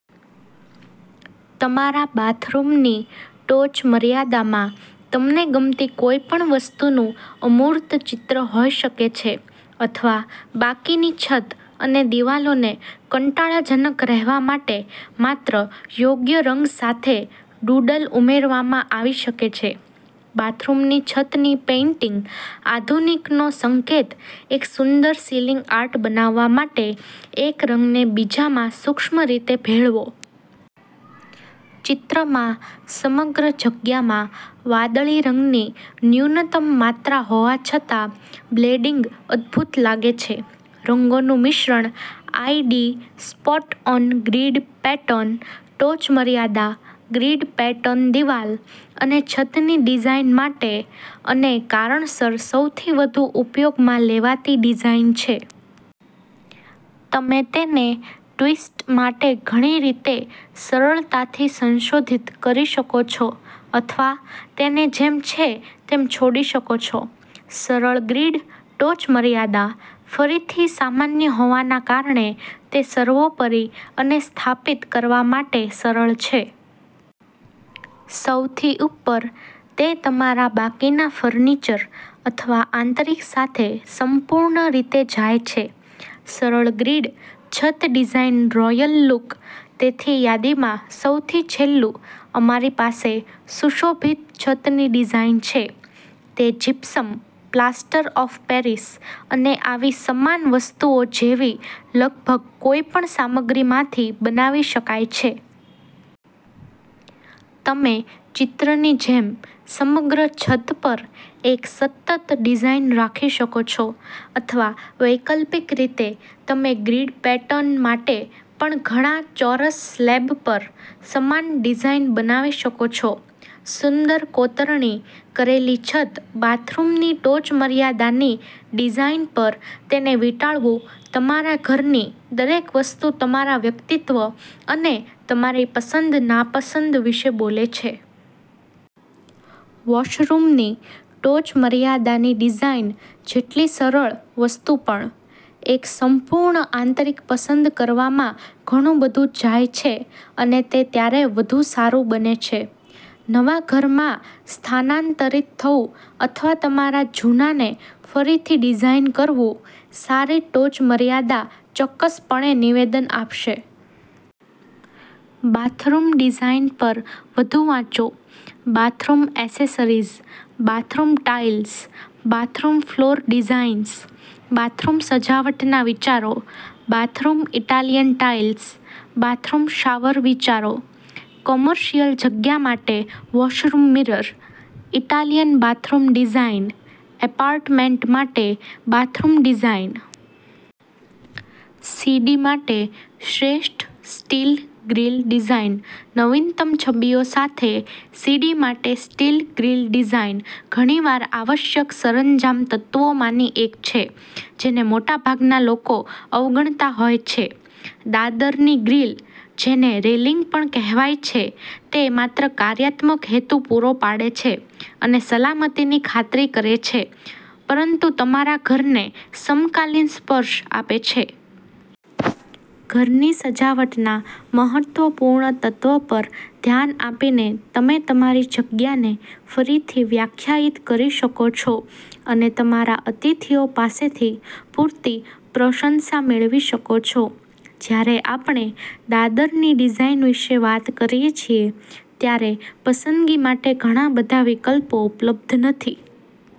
તમારા બાથરૂમની ટોચમર્યાદામાં તમને ગમતી કોઈપણ વસ્તુનું અમૂર્ત ચિત્ર હોઈ શકે છે અથવા બાકીની છત અને દિવાલોને કંટાળાજનક રહેવા માટે માત્ર યોગ્ય રંગ સાથે ડૂડલ ઉમેરવામાં આવી શકે છે. બાથરૂમની છતની પેઇન્ટિંગ આધુનિકનો સંકેત એક સુંદર સીલિંગ આર્ટ બનાવવા માટે એક રંગને બીજામાં સૂક્ષ્મ રીતે ભેળવો. ચિત્રમાં સમગ્ર જગ્યામાં વાદળી રંગની ન્યૂનતમ માત્રા હોવા છતાં, બ્લેડિંગ અદ્ભુત લાગે છે. રંગોનું મિશ્રણ આઈડી સ્પોટ-ઓન ગ્રીડ પેટર્ન ટોચમર્યાદા ગ્રીડ પેટર્નદિવાલ અને છતની ડિઝાઇન માટે અને કારણસર સૌથી વધુ ઉપયોગમાં લેવાતી ડિઝાઇન છે. તમે તેને ટ્વિસ્ટ માટે ઘણી રીતે સરળતાથી સંશોધિત કરી શકો છો અથવા તેને જેમ છે તેમ છોડી શકો છો. સરળ ગ્રીડ ટોચમર્યાદા, ફરીથી સામાન્ય હોવાને કારણે તે સર્વોપરી અને સ્થાપિત કરવા માટે સરળ છે. સૌથી ઉપર, તે તમારા બાકીના ફર્નિચર અથવા આંતરિક સાથે સંપૂર્ણ રીતે જાય છે. સરળ ગ્રીડ છત ડિઝાઇન રોયલ લુક તેથી યાદીમાં સૌથી છેલ્લું અમારી પાસે સુશોભિત છતની ડિઝાઇન છે. તે જીપ્સમ, પ્લાસ્ટર ઓફ પેરિસ અને આવી સમાન વસ્તુઓ જેવી લગભગ કોઈપણ સામગ્રીમાંથી બનાવી શકાય છે. તમે ચિત્રની જેમ, સમગ્ર છત પર એક સતત ડિઝાઇન રાખી શકો છો. અથવા વૈકલ્પિક રીતે તમે ગ્રીડ પેટર્ન માટે પણ ઘણા ચોરસ સ્લેબ પર સમાન ડિઝાઇન બનાવી શકો છો. સુંદર કોતરણી કરેલી છત બાથરૂમની ટોચમર્યાદાની ડિઝાઇન પર તેને વીંટાળવું તમારા ઘરની દરેક વસ્તુ તમારા વ્યક્તિત્વ અને તમારી પસંદ-નાપસંદ વિશે બોલે છે. વૉશરૂમની ટોચમર્યાદાની ડિઝાઇન જેટલી સરળ વસ્તુ પણ. એક સંપૂર્ણ આંતરિક પસંદ કરવામાં ઘણું બધું જાય છે અને તે ત્યારે વધુ સારું બને છે. નવા ઘરમાં સ્થાનાંતરિત થવું અથવા તમારા જૂનાને ફરીથી ડિઝાઇન કરવું, સારી ટોચમર્યાદા ચોક્કસપણે નિવેદન આપશે. બાથરૂમ ડિઝાઇન પર વધુ વાંચો, bathroom accessories, bathroom tiles, bathroom floor designs, bathroom સજાવટના વિચારો, bathroom Italian tiles, bathroom shower વિચારો, કોમર્શિયલ જગ્યા માટે washroom mirror, Italian bathroom design, apartment માટે બાથરૂમ ડિઝાઇન. સીડી માટે શ્રેષ્ઠ સ્ટીલ ગ્રીલ ડિઝાઇન નવીનતમ છબીઓ સાથે સીડી માટે સ્ટીલ ગ્રીલ ડિઝાઇન ઘણીવાર આવશ્યક સરંજામ તત્વોમાંની એક છે જેને મોટાભાગના લોકો અવગણતા હોય છે. દાદરની ગ્રીલ, જેને રેલિંગ પણ કહેવાય છે, તે માત્ર કાર્યાત્મક હેતુપૂરો પાડે છે અને સલામતીની ખાતરી કરે છે પરંતુ તમારા ઘરને સમકાલીન સ્પર્શ આપે છે. ઘરની સજાવટના મહત્વપૂર્ણ તત્વ પર ધ્યાન આપીને તમે તમારી જગ્યાને ફરીથી વ્યાખ્યાયિત કરી શકો છો અને તમારા અતિથિઓ પાસેથી પૂરતી પ્રશંસા મેળવી શકો છો. જ્યારે આપણે દાદરની ડિઝાઇન વિશે વાત કરીએ છીએ ત્યારે પસંદગી માટે ઘણા બધા વિકલ્પો ઉપલબ્ધ નથી.